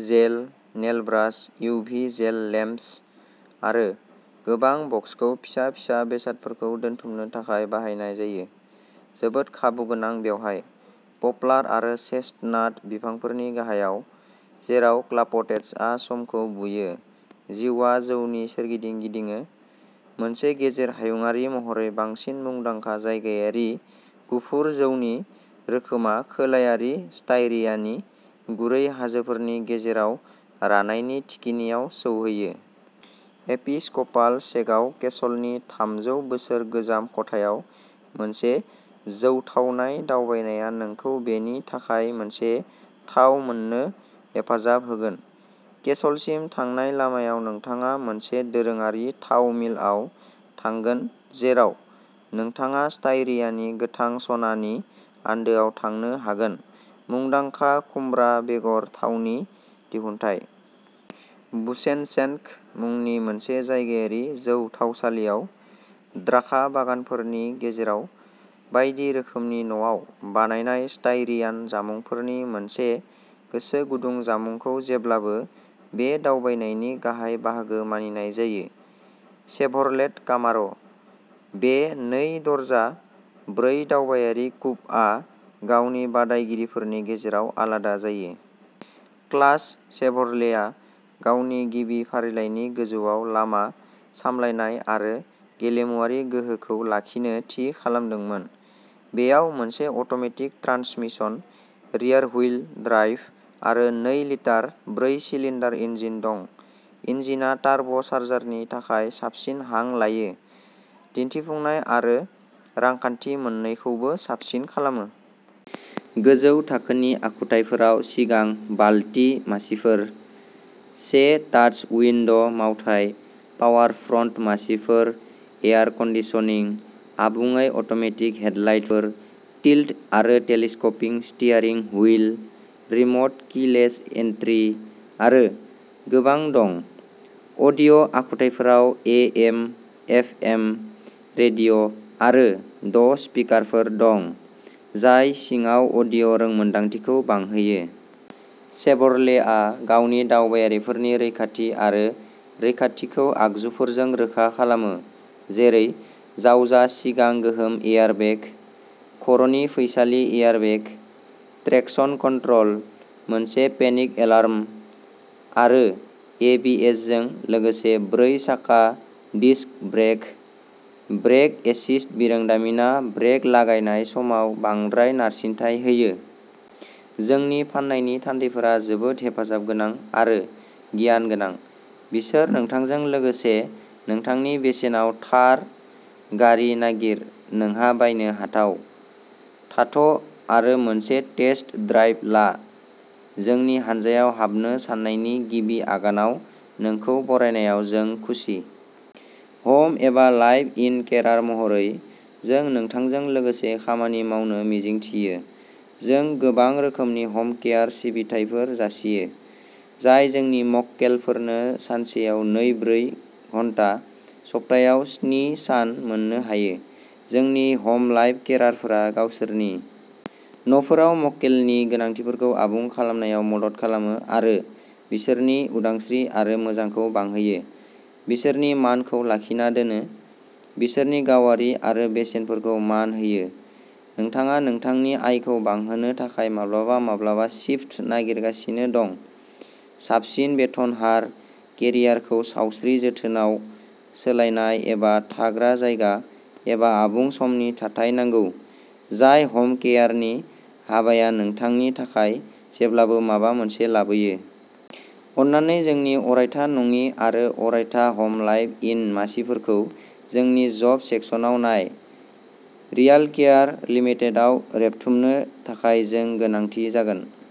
जेल, nail brush, UV gel lamps आरो गोबां बक्सखौ फिसा फिसा बेसादफोरखौ दोनथुमनो थाखाय बाहायनाय जायो, जोबोद खाबुगोनां बेवहाय, पप्लार आरो चेस्टनाट बिफांफोरनि गाहायाव, जेराव क्लाप'टेट्जआ समखौ बुयो, जिउआ जौनि सोरगिदिं गिदिङो। मोनसे गेजेर हायुङारि महरै बांसिन मुंदांखा जायगायारि गुफुर जौनि रोखोमआ खोलायारि स्टायरियानि गुरै हाजोफोरनि गेजेराव रानायनि थिखिनियाव सौहैयो। एपिस्क'पाल सेगाउ केसलनि थामजौ बोसोर गोजाम खथायाव मोनसे जौथावनाय दावबायनाया नोंखौ बेनि थाखाय मोनसे थाव मोननो हेफाजाब होगोन। केसलसिम थांनाय लामायाव नोंथाङा मोनसे दोरोङारि थावमिलआव थांगोन जेराव नोंथाङा स्टायरियानि गोथां सना नि आन्दोआव थांनो हागोन। मुंदांखा खुमब्रा बेगर थावनि दिहुनथाय। बुशेनशेन्क मुंनि मोनसे जायगायारि जौ थावसालिआव द्राखा बागानफोरनि गेजेराव बायदि रोखोमनि न'आव बानायनाय स्टायरियान जामुंफोरनि मोनसे गोसो गुदुं जामुंखौ जेब्लाबो बे दावबायनायनि गाहाय बाहागो मानिनाय जायो। शेभरलेट कामार'। बे नै दरजा, ब्रै दावबायारि कुपआ गावनि बादायगिरिफोरनि गेजेराव आलादा जायो। क्लास शेभरलेया गावनि गिबि फारिलाइनि गोजौआव लामा सामलायनाय आरो गेलेमुआरि गोहोखौ लाखिनो थि खालामदोंमोन। बेयाव मोनसे अट'मेटिक ट्रान्समिसन, रियरहुइल ड्राइभ आरो नै लिटार ब्रै सिलिन्डार इन्जिन दं। इन्जिनआ टार्ब' चार्जारनि थाखाय साबसिन हां लायो, दिन्थिफुंनाय आरो रांखान्थि मोननैखौबो साबसिन खालामो। गोजौ थाखोनि आखुथायफोराव सिगां बालति मासिफोर, से टाच उइन्ड' मावथाय, पावार फ्रन्ट मासिफोर, एयार कन्दिसनिं, आबुङै अट'मेटिक हेडलाइटफोर, टिल्ट आरो telescoping steering wheel, remote keyless entry आरो गोबां दं। अडिय' आखुथायफोराव ए एम एफ एम रेडिय'आरो द’ स्पिकारफोर दं, जाय सिङाव अडिय' रोंमोन्दांथिखौ बांहोयो। शेभरलेआ गावनि दावबायारिफोरनि रैखाथि आरो रैखाथिखौ आगजुफोरजों रोखा खालामो जेरै जावजा सिगां गोहोम एयारबेग, खर'नि फैसालि एयारबेग, ट्रेक्शन कन्ट्रल, मोनसे पेनिक एलार्म आरो एबिएसजों लोगोसे ब्रै साखा डिस्क ब्रेक। ब्रेक एसिस्ट बिरोंदामिनआ ब्रेक लागायनाय समाव बांद्राय नारसिनथाय होयो। जोंनि फाननायनि थान्दैफोरा जोबोद हेफाजाबगोनां आरो गियान गोनां। बिसोर नोंथांजों लोगोसे नोंथांनि बेसेनाव थार गारि नागिर नोंहा बायनो हाथाव। थाथ' आरो मोनसे टेस्ट ड्राइभ ला जोंनि हानजायाव हाबनो साननायनि गिबि आगानाव नोंखौ बरायनायाव जों खुसि। हम एबा लाइभ इन केरार महरै, जों नोंथांजों लोगोसे खामानि मावनो मिजिंथियो। जों गोबां रोखोमनि हमकेयार सिबिथाइफोर जासियो, जाय जोंनि मक्केलफोरनो सानसेयाव नै ब्रै घन्टा, सप्तायाव स्नि सान मोननो हायो। जोंनि हमलाइभ केरारफोरा गावसोरनि न'फोराव मक्केलनि गोनांथिफोरखौ आबुं खालामनायाव मदद खालामो आरो बिसोरनि उदांस्रि आरो मोजांखौ बांहोयो, बिसोरनि मानखौ लाखिना दोनो, बिसोरनि गावारि आरो बेसेनफोरखौ मान होयो, नोंथाङा नोंथांनि आयखौ बांहोनो थाखाय माब्लाबा माब्लाबा सिफ्ट नागिरगासिनो दं, साबसिन बेथन हार, केरियारखौ सावस्रि जोथोनआव सोलायनाय एबा थाग्रा जायगा एबा आबुं समनि थाथाय नांगौ, जाय हमकेयारनि हाबाया नोंथांनि थाखाय जेब्लाबो माबा मोनसे लाबोयो। अननानै जोंनि अरायथा नङि आरो अरायथा हमलाइभ इन मासिफोरखौ जोंनि जब सेक्सनाव नाय। रियालकेयार लिमिटेडआव रेबथुमनो थाखाय जों गोनांथि जागोन।